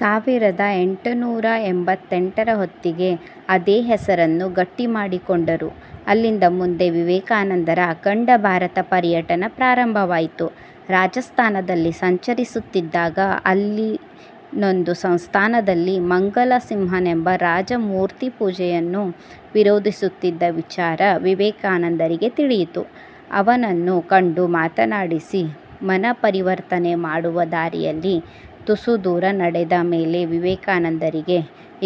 ಸಾವಿರದ ಎಂಟುನೂರ ಎಂಬತ್ತೆಂಟರ ಹೊತ್ತಿಗೆ ಅದೇ ಹೆಸರನ್ನು ಗಟ್ಟಿಮಾಡಿಕೊಂಡರು. ಅಲ್ಲಿಂದ ಮುಂದೆ ವಿವೇಕಾನಂದರ ಅಖಂಡ ಭಾರತ ಪರ್ಯಟನ ಪ್ರಾರಂಭವಾಯಿತು. ರಾಜಸ್ತಾನದಲ್ಲಿ ಸಂಚರಿಸುತ್ತಿದ್ದಾಗ ಅಲ್ಲಿನೊಂದು ಸಂಸ್ಥಾನದಲ್ಲಿ ಮಂಗಲ ಸಿಂಹನೆಂಬ ರಾಜ ಮೂರ್ತಿಪೂಜೆಯನ್ನು ವಿರೋಧಿಸುತ್ತಿದ್ದ ವಿಚಾರ ವಿವೇಕಾನಂದರಿಗೆ ತಿಳಿಯಿತು. ಅವನನ್ನು ಕಂಡು ಮಾತಾಡಿಸಿ ಮನಃಪರಿವರ್ತನೆ ಮಾಡುವ ದಾರಿಯಲ್ಲಿ ತುಸುದೂರ ನಡೆದ ಮೇಲೆ ವಿವೇಕಾನಂದರಿಗೆ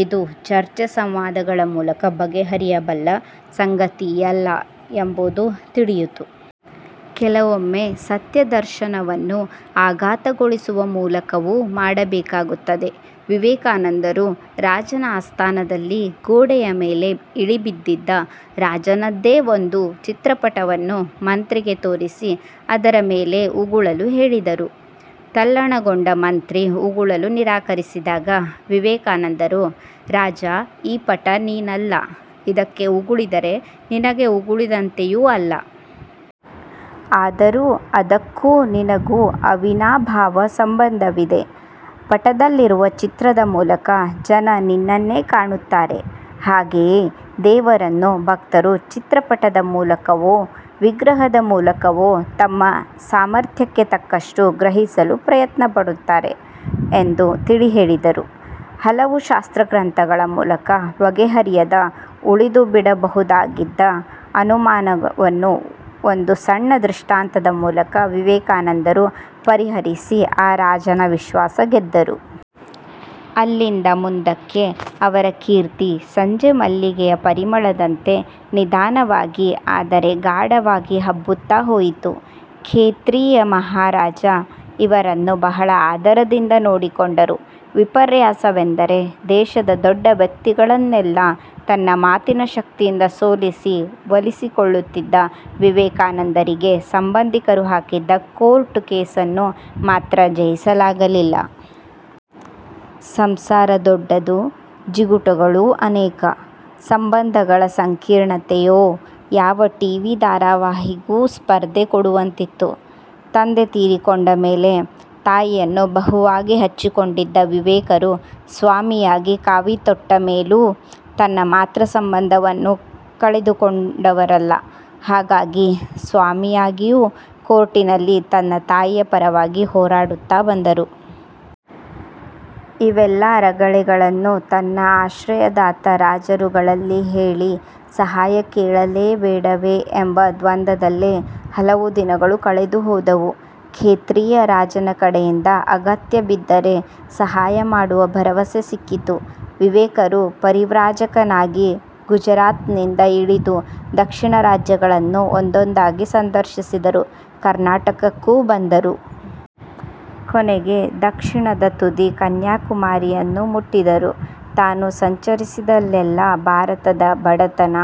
ಇದು ಚರ್ಚೆ-ಸಂವಾದಗಳ ಮೂಲಕ ಬಗೆಹರಿಯಬಲ್ಲ ಸಂಗತಿಯಲ್ಲ ಎಂಬುದು ತಿಳಿಯಿತು. ಕೆಲವೊಮ್ಮೆ ಸತ್ಯದರ್ಶನವನ್ನು ಆಘಾತಗೊಳಿಸುವ ಮೂಲಕವೂ ಮಾಡಬೇಕಾಗುತ್ತದೆ. ವಿವೇಕಾನಂದರು ರಾಜನ ಆಸ್ಥಾನದಲ್ಲಿ ಗೋಡೆಯ ಮೇಲೆ ಇಳಿಬಿದ್ದಿದ್ದ ರಾಜನದ್ದೇ ಒಂದು ಚಿತ್ರಪಟವನ್ನು ಮಂತ್ರಿಗೆ ತೋರಿಸಿ ಅದರ ಮೇಲೆ ಉಗುಳಲು ಹೇಳಿದರು. ತಲ್ಲಣಗೊಂಡ ಮಂತ್ರಿ ಉಗುಳಲು ನಿರಾಕರಿಸಿದಾಗ ವಿವೇಕಾನಂದರು "ರಾಜ, ಈ ಪಟ ನೀನಲ್ಲ. ಇದಕ್ಕೆ ಉಗುಳಿದರೆ ನಿನಗೆ ಉಗುಳಿದಂತೆಯೂ ಅಲ್ಲ. ಆದರೂ ಅದಕ್ಕೂ ನಿನಗೂ ಅವಿನಾಭಾವ ಸಂಬಂಧವಿದೆ. ಪಟದಲ್ಲಿರುವ ಚಿತ್ರದ ಮೂಲಕ ಜನ ನಿನ್ನನ್ನೇ ಕಾಣುತ್ತಾರೆ. ಹಾಗೆಯೇ, ದೇವರನ್ನು ಭಕ್ತರು ಚಿತ್ರಪಟದ ಮೂಲಕವೋ ವಿಗ್ರಹದ ಮೂಲಕವೋ ತಮ್ಮ ಸಾಮರ್ಥ್ಯಕ್ಕೆ ತಕ್ಕಷ್ಟು ಗ್ರಹಿಸಲು ಪ್ರಯತ್ನಪಡುತ್ತಾರೆ. " ಎಂದು ತಿಳಿಹೇಳಿದರು. ಹಲವು ಶಾಸ್ತ್ರಗ್ರಂಥಗಳ ಮೂಲಕ ಬಗೆಹರಿಯದೆ ಉಳಿದುಬಿಡಬಹುದಾಗಿದ್ದ ಅನುಮಾನವನ್ನು ಒಂದು ಸಣ್ಣ ದೃಷ್ಟಾಂತದ ಮೂಲಕ ವಿವೇಕಾನಂದರು ಪರಿಹರಿಸಿ ಆ ರಾಜನ ವಿಶ್ವಾಸ ಗೆದ್ದರು. ಅಲ್ಲಿಂದ ಮುಂದಕ್ಕೆ ಅವರ ಕೀರ್ತಿ ಸಂಜೆಮಲ್ಲಿಗೆಯ ಪರಿಮಳದಂತೆ ನಿಧಾನವಾಗಿ ಆದರೆ ಗಾಢವಾಗಿ ಹಬ್ಬುತ್ತಾ ಹೋಯಿತು. ಖೇತ್ರಿಯ ಮಹಾರಾಜ ಇವರನ್ನು ಬಹಳ ಆದರದಿಂದ ನೋಡಿಕೊಂಡರು. ವಿಪರ್ಯಾಸವೆಂದರೆ ದೇಶದ ದೊಡ್ಡ ವ್ಯಕ್ತಿಗಳನ್ನೆಲ್ಲ ತನ್ನ ಮಾತಿನ ಶಕ್ತಿಯಿಂದ ಸೋಲಿಸಿ ಒಲಿಸಿಕೊಳ್ಳುತ್ತಿದ್ದ ವಿವೇಕಾನಂದರಿಗೆ ಸಂಬಂಧಿಕರು ಹಾಕಿದ್ದ ಕೋರ್ಟು ಕೇಸನ್ನು ಮಾತ್ರ ಜಯಿಸಲಾಗಲಿಲ್ಲ! ಸಂಸಾರ ದೊಡ್ಡದು, ಜಿಗುಟುಗಳೂ ಅನೇಕ. ಸಂಬಂಧಗಳ ಸಂಕೀರ್ಣತೆಯೋ ಯಾವ ಟಿವಿ ಧಾರಾವಾಹಿಗೂ ಸ್ಪರ್ಧೆ ಕೊಡುವಂತಿತ್ತು. ತಂದೆ ತೀರಿಕೊಂಡಮೇಲೆ ತಾಯಿಯನ್ನು ಬಹುವಾಗಿ ಹಚ್ಚಿಕೊಂಡಿದ್ದ ವಿವೇಕರು ಸ್ವಾಮಿಯಾಗಿ ಕಾವಿ ತೊಟ್ಟ ಮೇಲೂ ತನ್ನ ಮಾತೃ ಸಂಬಂಧವನ್ನು ಕಡಿದುಕೊಂಡವರಲ್ಲ. ಹಾಗಾಗಿ ಸ್ವಾಮಿಯಾಗಿಯೂ ಕೋರ್ಟಿನಲ್ಲಿ ತನ್ನ ತಾಯಿಯ ಪರವಾಗಿ ಹೋರಾಡುತ್ತಾ ಬಂದರು. ಇವೆಲ್ಲ ರಗಳೆಗಳನ್ನು ತನ್ನ ಆಶ್ರಯದಾತ ರಾಜರುಗಳಲ್ಲಿ ಹೇಳಿ ಸಹಾಯ ಕೇಳಲೇ ಬೇಡವೇ ಎಂಬ ದ್ವಂದ್ವದಲ್ಲೇ ಹಲವು ದಿನಗಳು ಕಳೆದುಹೋದವು. ಖೇತ್ರಿಯ ರಾಜನ ಕಡೆಯಿಂದ, ಅಗತ್ಯ ಬಿದ್ದರೆ ಸಹಾಯ ಮಾಡುವ ಭರವಸೆ ಸಿಕ್ಕಿತು. ವಿವೇಕರು ಪರಿವ್ರಾಜಕನಾಗಿ ಗುಜರಾತ್ನಿಂದ ಇಳಿದು ದಕ್ಷಿಣದ ರಾಜ್ಯಗಳನ್ನು ಒಂದೊಂದಾಗಿ ಸಂದರ್ಶಿಸಿದರು. ಕರ್ನಾಟಕಕ್ಕೂ ಬಂದರು. ಕೊನೆಗೆ ದಕ್ಷಿಣದ ತುದಿ ಕನ್ಯಾಕುಮಾರಿಯನ್ನು ಮುಟ್ಟಿದರು. ತಾನು ಸಂಚರಿಸಿದಲ್ಲೆಲ್ಲ ಭಾರತದ ಬಡತನ,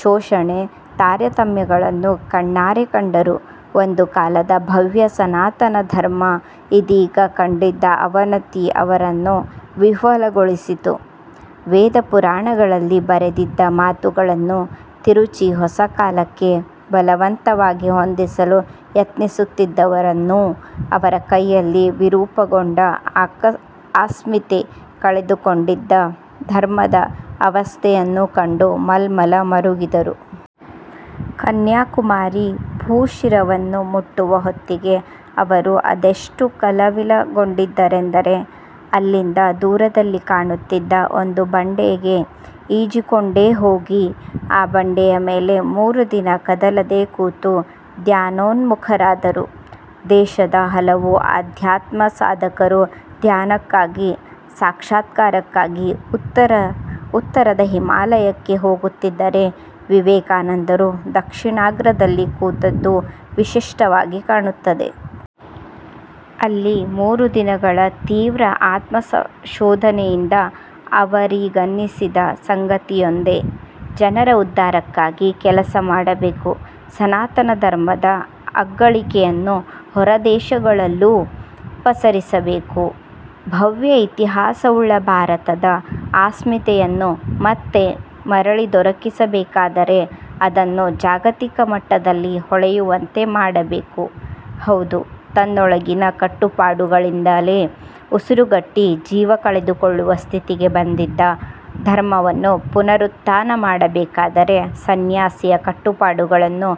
ಶೋಷಣೆ, ತಾರತಮ್ಯಗಳನ್ನು ಕಣ್ಣಾರೆ ಕಂಡರು. ಒಂದು ಕಾಲದ ಭವ್ಯ ಸನಾತನ ಧರ್ಮ ಇದೀಗ ಕಂಡಿದ್ದ ಅವನತಿ ಅವರನ್ನು ವಿಹ್ವಲಗೊಳಿಸಿತು. ವೇದ ಪುರಾಣಗಳಲ್ಲಿ ಬರೆದಿದ್ದ ಮಾತುಗಳನ್ನು ತಿರುಚಿ ಹೊಸಕಾಲಕ್ಕೆ ಬಲವಂತವಾಗಿ ಹೊಂದಿಸಲು ಯತ್ನಿಸುತ್ತಿದ್ದವರನ್ನೂ ಅವರ ಕೈಯಲ್ಲಿ ವಿರೂಪಗೊಂಡು ಅಸ್ಮಿತೆ ಕಳೆದುಕೊಂಡಿದ್ದ ಧರ್ಮದ ಅವಸ್ಥೆಯನ್ನೂ ಕಂಡು ಮಮ್ಮಲ ಮರುಗಿದರು. ಕನ್ಯಾಕುಮಾರಿ ಭೂಶಿರವನ್ನು ಮುಟ್ಟುವ ಹೊತ್ತಿಗೆ ಅವರು ಅದೆಷ್ಟು ಕಲ್ಲವಿಲಗೊಂಡಿದ್ದರೆಂದರೆ, ಅಲ್ಲಿಂದ ದೂರದಲ್ಲಿ ಕಾಣುತ್ತಿದ್ದ ಒಂದು ಬಂಡೆಗೆ ಈಜಿಕೊಂಡೇಹೋಗಿ, ಆ ಬಂಡೆಯ ಮೇಲೆ ಮೂರು ದಿನ ಕದಲದೆ ಕೂತು ಧ್ಯಾನೋನ್ಮುಖರಾದರು. ದೇಶದ ಹಲವು ಅಧ್ಯಾತ್ಮಸಾಧಕರು ಧ್ಯಾನಕ್ಕಾಗಿ ಸಾಕ್ಷಾತ್ಕಾರಕ್ಕಾಗಿ ಉತ್ತರದ ಹಿಮಾಲಯಕ್ಕೆ ಹೋಗುತ್ತಿದ್ದರೆ ವಿವೇಕಾನಂದರು ದಕ್ಷಿಣಾಗ್ರದಲ್ಲಿ ಕೂತದ್ದು ವಿಶಿಷ್ಟವಾಗಿ ಕಾಣುತ್ತದೆ. ಅಲ್ಲಿ ಮೂರುದಿನಗಳ ತೀವ್ರ ಆತ್ಮಶೋಧನೆಯಿಂದ ಅವರಿಗನ್ನಿಸಿದ ಸಂಗತಿಯೊಂದೇ – ಜನರ ಉದ್ಧಾರಕ್ಕಾಗಿ ಕೆಲಸ ಮಾಡಬೇಕು. ಸನಾತನ ಧರ್ಮದ ಅಗ್ಗಳಿಕೆಯನ್ನು ಹೊರದೇಶಗಳಲ್ಲೂ ಪಸರಿಸಬೇಕು. ಭವ್ಯ ಇತಿಹಾಸವುಳ್ಳ ಭಾರತದ ಅಸ್ಮಿತೆಯನ್ನು ಮತ್ತೆ ಮರಳಿದೊರಕಿಸಬೇಕಾದರೆ ಅದನ್ನು ಜಾಗತಿಕ ಮಟ್ಟದಲ್ಲಿ ಹೊಳೆಯುವಂತೆ ಮಾಡಬೇಕು. ಹೌದು, ತನ್ನೊಳಗಿನ ಕಟ್ಟುಪಾಡುಗಳಿಂದಲೇ ಉಸಿರುಗಟ್ಟಿ ಜೀವ ಕಳೆದುಕೊಳ್ಳುವ ಸ್ಥಿತಿಗೆ ಬಂದಿದ್ದ ಧರ್ಮವನ್ನು ಪುನರುತ್ಥಾನ ಮಾಡಬೇಕಾದರೆ, ಸಂನ್ಯಾಸಿಯ ಕಟ್ಟುಪಾಡುಗಳನ್ನು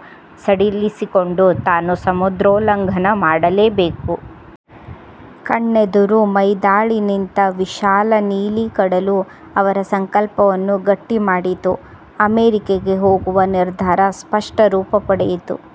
ಸಡಿಲಿಸಿಕೊಂಡು ತಾನು ಸಮುದ್ರೋಲ್ಲಂಘನ ಮಾಡಲೇಬೇಕು. ಕಣ್ಣೆದುರು ಮೈದಾಳಿ ನಿಂತ ವಿಶಾಲ ನೀಲಿಕಡಲು ಅವರ ಸಂಕಲ್ಪವನ್ನು ಗಟ್ಟಿ ಮಾಡಿತು. ಅಮೆರಿಕೆಗೆ ಹೋಗುವ ನಿರ್ಧಾರ ಸ್ಪಷ್ಟರೂಪ ಪಡೆಯಿತು.